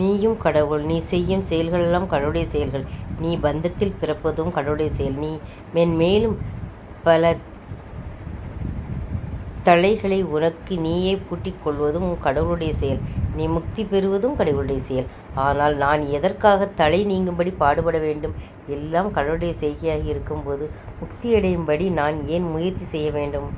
நீயும் கடவுள், நீ செய்யும் செயல்களெல்லாம் கடவுளுடைய செயல்கள், நீ பந்தத்தில் பிறப்பதும் கடவுளுடைய செயல். மேன்மேலும் பல தளைகளை உனக்கு நீயே பூட்டிக் கொள்வதும் கடவுளுடைய செயல். நீ முக்தி பெறுவதும் கடவுளுடைய செயல். 'ஆனால் நான் எதற்காக தளை நீங்கும்படி பாடுபடவேண்டும்? எல்லாம் கடவுளுடைய செய்கையாய் இருக்கும் போது முக்தியடையும் படி நான் ஏன் முயற்சி செய்ய வேண்டும்?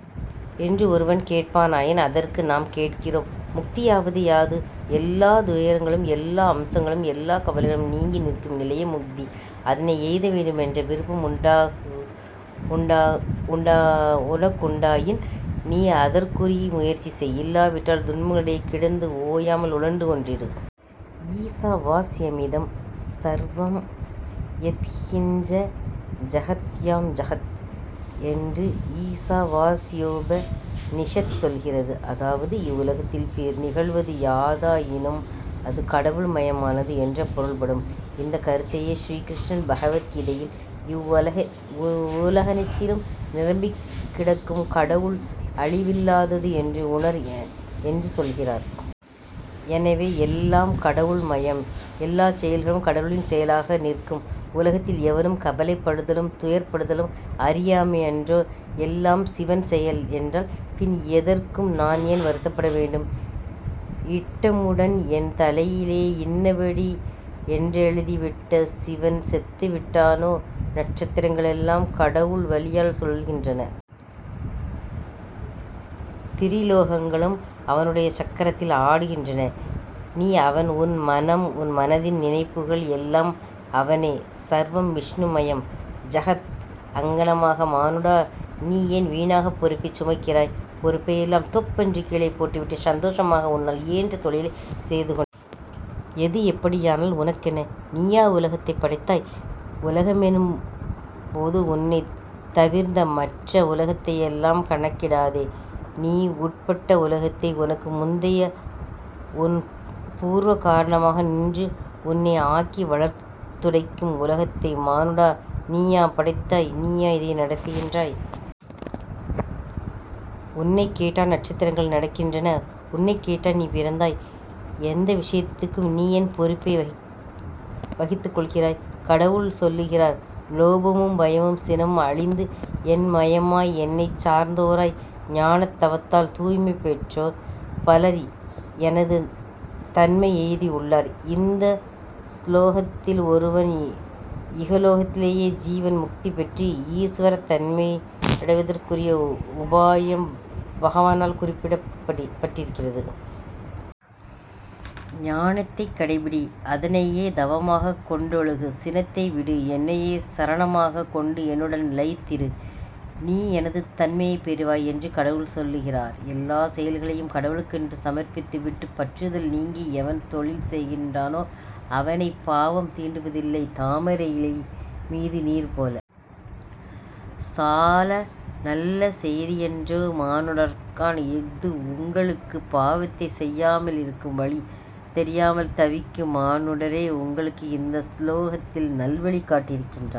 ' என்று ஒருவன் கேட்பானாயின், அதற்கு நாம் கேட்கிறோம், 'முக்தியாவது யாது? ' எல்லாத் துயரங்களும் எல்லா அம்சங்களும் எல்லாக் கவலைகளும் நீங்கி நிற்கும் நிலையே முக்தி. அதனை எய்த வேண்டுமென்ற விருப்பம் உனக்குண்டாயின், நீ அதற்குரிய முயற்சி செய். இல்லாவிட்டால், துன்பங்களிலே கிடந்து ஓயாமல் உழன்று கொண்டிரு. 'ஈசாவாஸ்யமிதம் ஸர்வம் யத் கிஞ்ச ஜகத்யாம் ஜகத்' என்று ஈசாவாஸ்யோப நிஷத் சொல்லுகிறது. அதாவது 'இவ்வுலகத்தில் நிகழ்வது யாதாயினும் அது கடவுள் மயமானது' என்று பொருள்படும். இந்தக் கருத்தையே ஸ்ரீ கிருஷ்ணன் பகவத் கீதையில், 'இவ்வுலகனைத்திலும் நிரம்பிக் கிடக்கும் கடவுள் அழிவில்லாதது என்று உணர்' என்று சொல்லுகிறார். எனவே எல்லாம் கடவுள் மயமாய், எல்லாச் செயல்களும் கடவுளின் செயலாக நிற்கும் உலகத்தில், எவனும் கவலைப்படுதலும், துயர்ப்படுதலும் அறியாமையன்றோ? 'எல்லாம் சிவன் செயல்' என்றால், பின் எதற்கும் நான் ஏன் வருத்தப்பட வேண்டும்? 'இட்டமுடன்' என் தலையிலே இன்னபடி யென்றெழுதிவிட்ட சிவன் செத்துவிட்டானோ? ' நக்ஷத்திரங்களெல்லாம் கடவுள் வலியால் சுழல்கின்றன. திரிலோகங்களும் அவனுடைய சக்கரத்தில் ஆடுகின்றன. நீ அவன், உன் மனம், உன் மனத்தின் நினைப்புகள் எல்லாம் அவனே ''ஸர்வம் விஷ்ணுமயம் ஜகத் அங்ஙனமாக, மானுடா, நீ ஏன் வீணாகப் பொறுப்பைச் சுமக்கிறாய்? பொறுப்பையெல்லாம் தொப்பென்று கீழே போட்டுவிட்டு, சந்தோஷமாக உன்னால் இயன்ற தொழிலைச் செய்து கொண்டிரு. எது எப்படியானால் உனக்கென்ன? நீயா இவ்வுலகத்தைப் படைத்தாய்? உலகமென்னும் போது உன்னைத் தவிர்ந்த மற்ற உலகத்தையெல்லாம் கணக்கிடாதே. நீ உட்பட்ட உலகத்தை, உனக்கு முந்தியே உன் பூர்வ காரணமாக நின்று உன்னை ஆக்கி வளர்த்துத் துடைக்கும் உலகத்தை, மானுடா, நீயா படைத்தாய்? நீயா இதை நடத்துகிறாய்? உன்னைக் கேட்டா நக்ஷத்திரங்கள் நடக்கின்றன? உன்னைக் கேட்டா நீ பிறந்தாய்? எந்த விஷயத்துக்கும் நீ ஏன் பொறுப்பை வகித்துக் கொள்கிறாய்? கடவுள் சொல்லுகிறார் லோபமும் பயமும் சினமும் அழிந்து, என் மயமாய், என்னைச் சார்ந்தோராய், ஞானத் தவத்தால் தூய்மை பெற்றோர் பலர் எனது தன்மை எய்தியுள்ளார் இந்த சுலோகத்தில் ஒருவன் இகலோகத்திலேயே ஜீவன் முக்தி பெற்று ஈசுவரத் தன்மையடைதற்குரிய உபாயம் பகவானால் குறிப்பிடப்பட்டிருக்கிறது. ஞானத்தைக் கடைப்பிடி. அதனையே தவமாகக் கொண்டொழுகு. சினத்தை விடு. என்னையே சரணமாகக் கொண்டு என்னுடன் லயித்திரு. நீ எனது தன்மையை பெறுவாய் என்று கடவுள் சொல்லுகிறார். எல்லாச் செயல்களையும் கடவுளுக்கென்று சமர்ப்பித்து விட்டுப் பற்றுதல் நீக்கி எவன் தொழில் செய்கிறானோ அவனைப் பாவம் தீண்டுவதில்லை. தாமரையிலை மீது நீர் போலே. சால நல்ல செய்தியன்றோ, மானுடர்காள், இஃது உங்களுக்கு! பாவத்தை செய்யாமலிருக்கும் வழி தெரியாமல் தவிக்கும் மானுடரே! உங்களுக்கு இந்த சுலோகத்தில் நல்வழி காட்டியிருக்கின்றான்